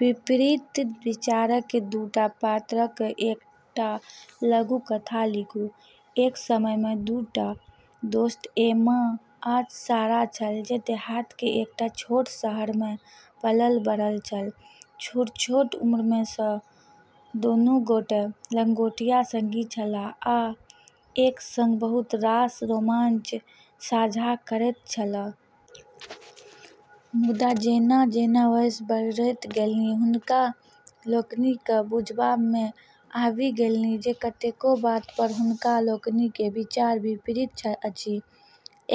विपरीत विचारक दूटा पात्रक एकटा लघुकथा लिखू:- एक समय में दू टा दोस्त एम्मा आ सारा छल जे देहात के एकटा छोट शहर में पलल-बढ़ल छल। छोट-छोट उम्र सँ दुनू गोटे लंगोटिया संगी छलाह आ एक संग बहुत रास रोमांच साझा करैत छलाह। मुदा जेना-जेना वयस बढ़ैत गेलनि, हुनका लोकनि केँ बुझबा में आबि गेलनि जे कतेको बात पर हुनका लोकनिक विचार विपरीत अछि।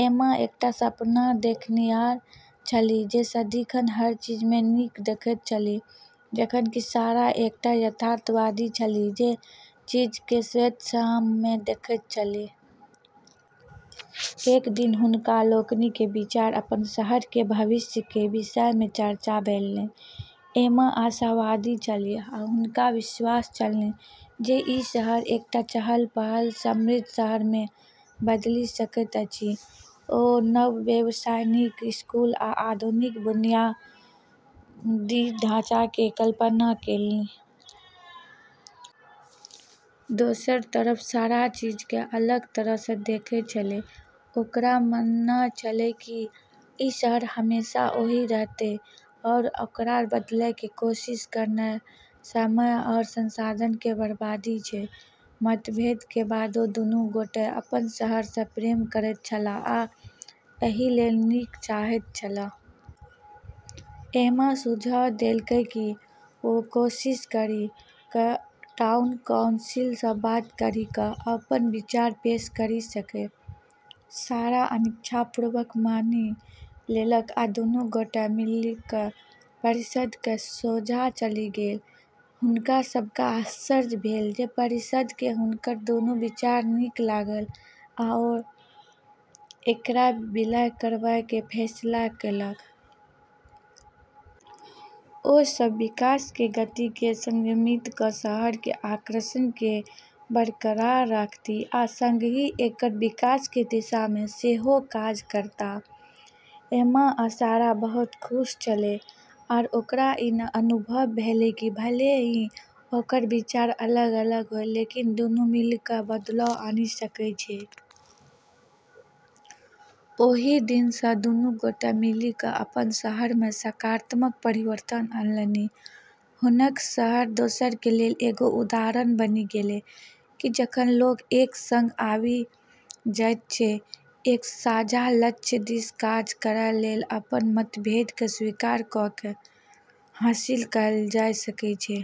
एम्मा एकटा सपना देखनिहार छलीह जे सदिखन हर चीज में नीक देखैत छलीह, जखन कि सारा एकटा यथार्थवादी छलीह जे चीज केँ श्वेत-श्याम में देखैत छलीह। एक दिन हुनका लोकनिक बीच अपन शहर के भविष्य के विषय में चर्चा भेलनि। एम्मा आशावादी छलीह आ हुनका विश्वास छलनि जे ई शहर एकटा चहल-पहल, समृद्ध शहर में बदलि सकैत अछि। ओ नव व्यवसाय, नीक स्कूल, आ आधुनिक बुनियादी ढांचा के कल्पना केलनि। दोसर तरफ सारा चीज केँ अलग तरह सँ देखै छेलै, ओकर मानना छेलै कि ई शहर हमेशा ओही रहतै, आरू ओकरा बदलै के कोशिश करना समय आरू संसाधन के बर्बादी छै। मतभेद के बादो दुनू गोटे अपन शहर सँ प्रेम करैत छलाह आ एहि लेल नीक चाहैत छलाह। एम्मा सुझाव देलकै कि वू कोशिश करी कऽ टाउन काउंसिल सँ बात करी कऽ अपन विचार पेश करी सकै। सारा अनिच्छापूर्वक मानि लेलक आ दुनू गोटे मिलिकय परिषद् के सोझाँ चलि गेल। हुनका सब केँ आश्चर्य भेल जे परिषद् केँ हुनकर दूनू विचार नीक लागल आ ओ एकरा विलय करबय के फैसला केलक। ओ सब विकास के गति केँ संयमित कऽ शहर के आकर्षण केँ बरकरार रखथि आ संगहि एकर विकास के दिशा में सेहो काज करताह। एम्मा आ सारा बहुत खुश छलै आर ओकरा ई अनुभव भेलै कि भले ही ओकर विचार अलग-अलग होय, लेकिन दुनू मिलि कऽ बदलाव आनि सकै छै। ओहि दिन सँ दुनू गोटे मिलि क' अपन शहर में सकारात्मक परिवर्तन अनलनि। हुनक शहर दोसर के लेल एगो उदाहरण बनी गेलै, कि जखन लोग एक संग आबि जाइत छै, एक साझा लक्ष्य दिस काज करय लेल अपन मतभेद के स्वीकार कऽ की हासिल कएल जा सकै छै।